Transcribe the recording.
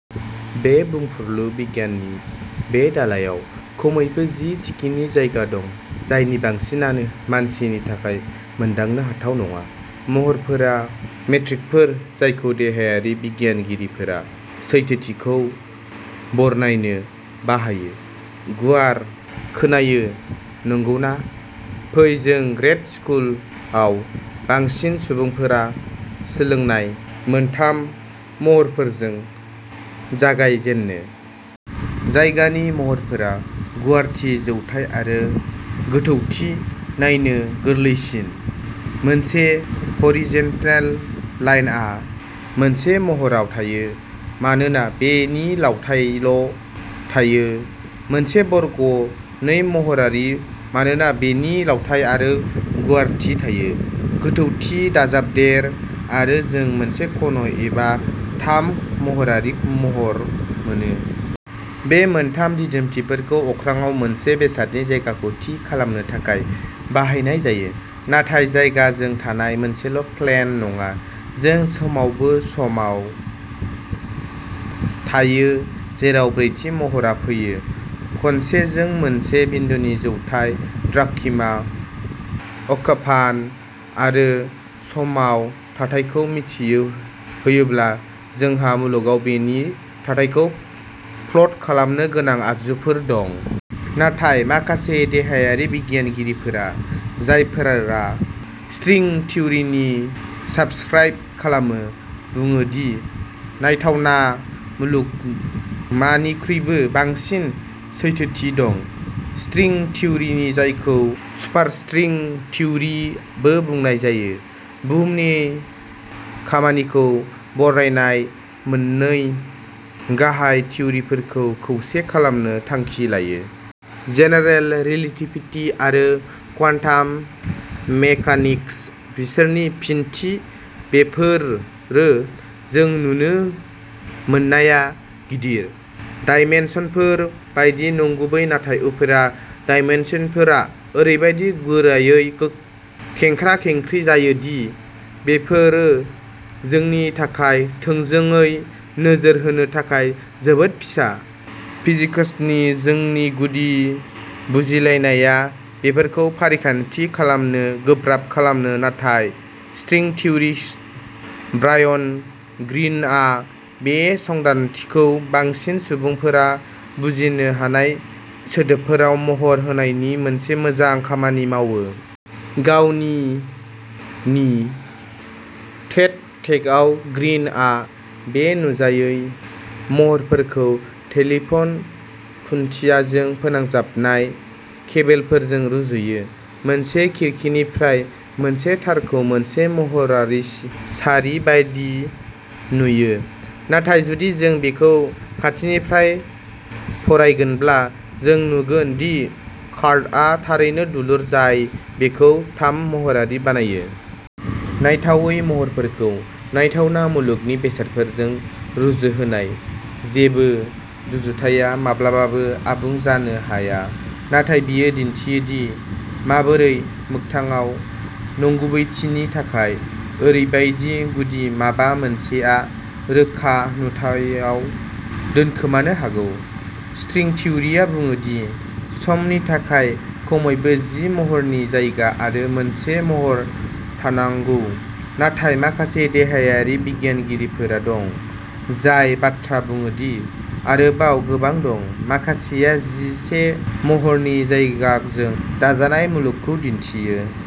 बे बुंफुरलु बिगियाननि बे दालाइयाव खमैबो जि थिखिनि जायगा दं जायनि बांसिनानो मानसिनि थाखाय मोनदांनो हाथाव नङा। महरफोरा मेट्रिकफोर जायखौ देहायारि बिगियानगिरिफोरा सैथोथिखौ बरनायनो बाहायो। गुवार खोनायो नंगौना? फै जों ग्रेड स्कुलाव बांसिन सुबुंफोरा सोलोंनाय मोनथाम महरफोरजों जागाय जेनो। जायगानि महरफोर गुवारथि जौथाय आरो गोथौथि नायनो गोरलैसिन। मोनसे ह'रिदजेन्टेल लाइनआ मोनसे महरआव थायो मानोना बेनि लावथाइल' थायो मोनसे बर्गआ नै महरारि मानोना बेनि लावथाइ आरो गुवारथि थायो। गोथौथि दाजाबदेर आरो जों मोनसे घन एबा थाम महरारि महर मोनो। बे मोनथाम दिदोमथिफोरखौ अख्राङाव मोनसे बेसादनि जायगाखौ थि खालामनो थाखाय बाहायनाय जायो। नाथाय जायगा जों थानाय मोनसेल' प्लेन नङा जों समावबो समाव थायो जेराव ब्रैथि महरआ फैयो। खनसे जों मोनसे बिन्दुनि जौथाय, द्राघिमा, अक्षफान आरो समाव थाथायखौ मिन्थियोब्ला जोंहा मुलुगआव बेनि थाथायखौ प्लट खालामनो गोनां आगजुफोर दं। नाथाय माखासे देहायारि बिगियानगिरिफोरा जायफोरा स्ट्रिं थिउरिनि साब्सक्राइब खालामो बुङो दि नायथावना मुलुगमानिख्रुइबो बांसिन सैथोथि दं। स्ट्रिं थिउरि जायखौ सुपारस्ट्रिं थिउरिबो बुंनाय जायो बुहुमनि खामानिखौ बरनायनाय मोननै गाहाय थिउरिफोरखौ खौसे खालामनो थांखि लायो। जेनेरेल रिलेटिभिटि आरो क्वान्टाम मेकानिक्स, बिसोरनि फिनथि बेफोरो जों नुनो मोननाय गिदिर डायमेनसनफोर बायदि नंगुबै नाथाय उफ्रा डायमेनसनफोरा ओरैबादि गोरायै खेंख्रा-खेंख्रि जायो दि बेफोरो जोंनि थाखाय थोंजोङै नोजोर होनो थाखाय जोबोद फिसा। फिजिक्सनि जोंनि गुदि बुजिलायनाया बेखौ फारिखान्थि खालामनो गोब्राब खालामो नाथाय स्ट्रिं थिउरिस्ट ब्रायन ग्रीनआ बे सानदांथिखौ बांसिन सुबुंफोरा बुजिनो हानाय सोदोबफोराव महर होनायनि मोनसे मोजां खामानि मावो। गावनि नि टेड टकआव ग्रीनआ बे नुजायै महरफोरखौ टेलिफ'न खुन्थियाजों फोनांजाबनाय केबोलफोरजों रुजुयो। मोनसे खिरखिनिफ्राय मोनसे तारखौ मोनसे महरारि सारि बायदि नुयो। नाथाय जुदि जों बेखौ खाथिनिफ्राय फरायगोनब्ला जों नुगोन दि कर्डआ थारैनो दुलुर जाय बेखौ थाम-महरारि बानायो। नायथावै महरफोरखौ नायथावना मुलुगनि बेसादफोरजों रुजुहोनाय जेबो रुजुथाया माब्लाबाबो आबुं जानो हाया नाथाय बेयो दिन्थियो दि माबोरै मोगथाङाव नंगुबैथिनि थाखाय ओरैबायदि गुदि माबा मोनसेआ रोखा नुथायाव दोनखोमानो हागौ। स्ट्रिं थिउरिया बुङो दि समनि थाखाय खमैबो जि महरनि जायगा आरो मोनसे महर थानांगौ नाथाय माखासे देहायारि बिगियानगिरिफोर दं जाय बाथ्रा बुङो दि आरोबाव गोबां दं। माखासेया जिसे महरनि जायगाजों दाजानाय मुलुगखौ दिन्थियो।